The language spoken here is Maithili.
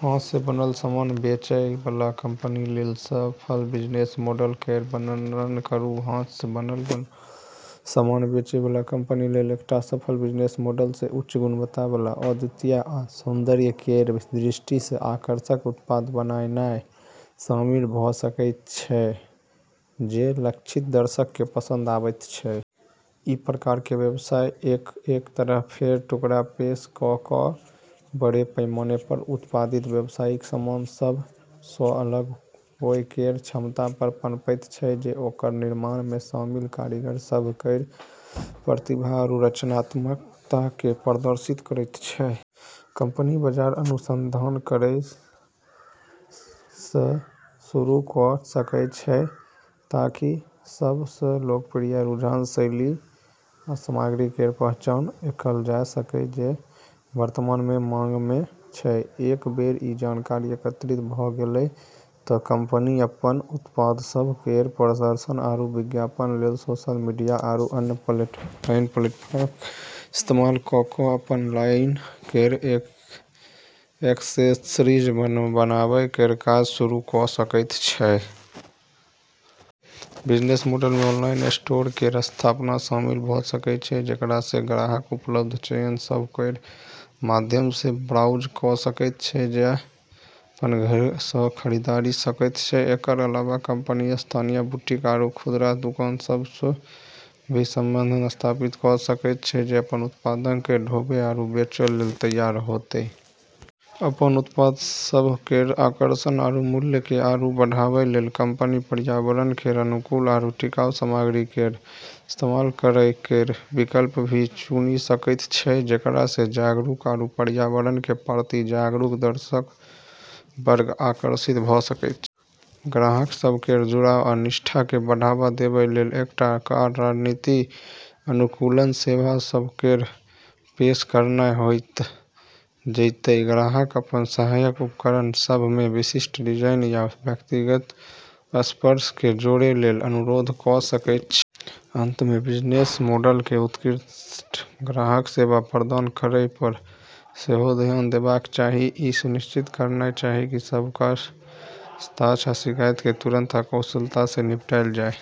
हाथ सँ बनल सामान बेचै बला कंपनी लेल सफल बिजनेस मॉडल केर वर्णन करू। हाथ सँ बनल सामान बेचै बला कंपनी लेल एकटा सफल बिजनेस मॉडल मे उच्च गुणवत्ता बला, अद्वितीय आ सौंदर्य केर दृष्टि सँ आकर्षक उत्पाद बनानाय शामिल भऽ सकैत छै जे लक्षित दर्शक केँ पसंद आबैत छै। ई प्रकार केर व्यवसाय एक-एक तरह केर टुकड़ा पेश कऽ कऽ बड़े पैमाने पर उत्पादित, व्यावसायिक सामान सभ सँ अलग होए केर क्षमता पर पनपैत छै जे ओकर निर्माण मे शामिल कारीगर सभ केर प्रतिभा आरू रचनात्मकता केँ प्रदर्शित करैत छै। कंपनी बाजार अनुसंधान करै सँ शुरू कऽ सकैत छै ताकि सब सँ लोकप्रिय रुझान, शैली आ सामग्री केर पहचान कएल जा सकै जे वर्तमान मे मांग मे छै। एक बेर ई जानकारी एकत्रित भऽ गेलै तँ कंपनी अपन उत्पाद सभ केर प्रदर्शन आरू विज्ञापन लेल सोशल मीडिया आरू अन्य ऑनलाइन प्लेटफॉर्म केर इस्तेमाल कऽ कऽ अपन लाइन केर एक्सेसरीज बनाबै केर काज शुरू कऽ सकैत छै। बिजनेस मॉडल मे ऑनलाइन स्टोर केर स्थापना शामिल भऽ सकैत छै, जेकरा सँ ग्राहक उपलब्ध चयन सभ केर माध्यम सँ ब्राउज कऽ सकैत छै आ अपन घर सँ खरीदारी कऽ सकैत छै। एकर अलावा कंपनी स्थानीय बुटीक आरू खुदरा दुकान सभ सँ भी संबंध स्थापित कऽ सकैत छै जे अपन उत्पाद केँ ढोबै आरू बेचै लेल तैयार हेतै। अपन उत्पाद सभ केर आकर्षण आरू मूल्य केँ आरू बढ़ाबै लेल कंपनी पर्यावरण केर अनुकूल आरू टिकाऊ सामग्री केर इस्तेमाल करै केर विकल्प भी चुनि सकैत छै, जेकरा सँ जागरूक आरू पर्यावरण केर प्रति जागरूक दर्शक वर्ग आकर्षित भऽ सकैत छै। ग्राहक सभ केर जुड़ाव आ निष्ठा केँ बढ़ावा देबै लेल एकटा आर रणनीति अनुकूलन सेवा सभ केर पेशकश करनाय होएत, जतय ग्राहक अपन सहायक उपकरण सभ मे विशिष्ट डिजाइन या व्यक्तिगत स्पर्श केँ जोड़ै लेल अनुरोध कऽ सकैत छै। अंत मे, बिजनेस मॉडल केँ उत्कृष्ट ग्राहक सेवा प्रदान करै पर सेहो ध्यान देबाक चाही, ई सुनिश्चित करनाय चाही कि सबटा पूछताछ आ शिकायत केँ तुरंत आ कुशलता सँ निपटायल जाय।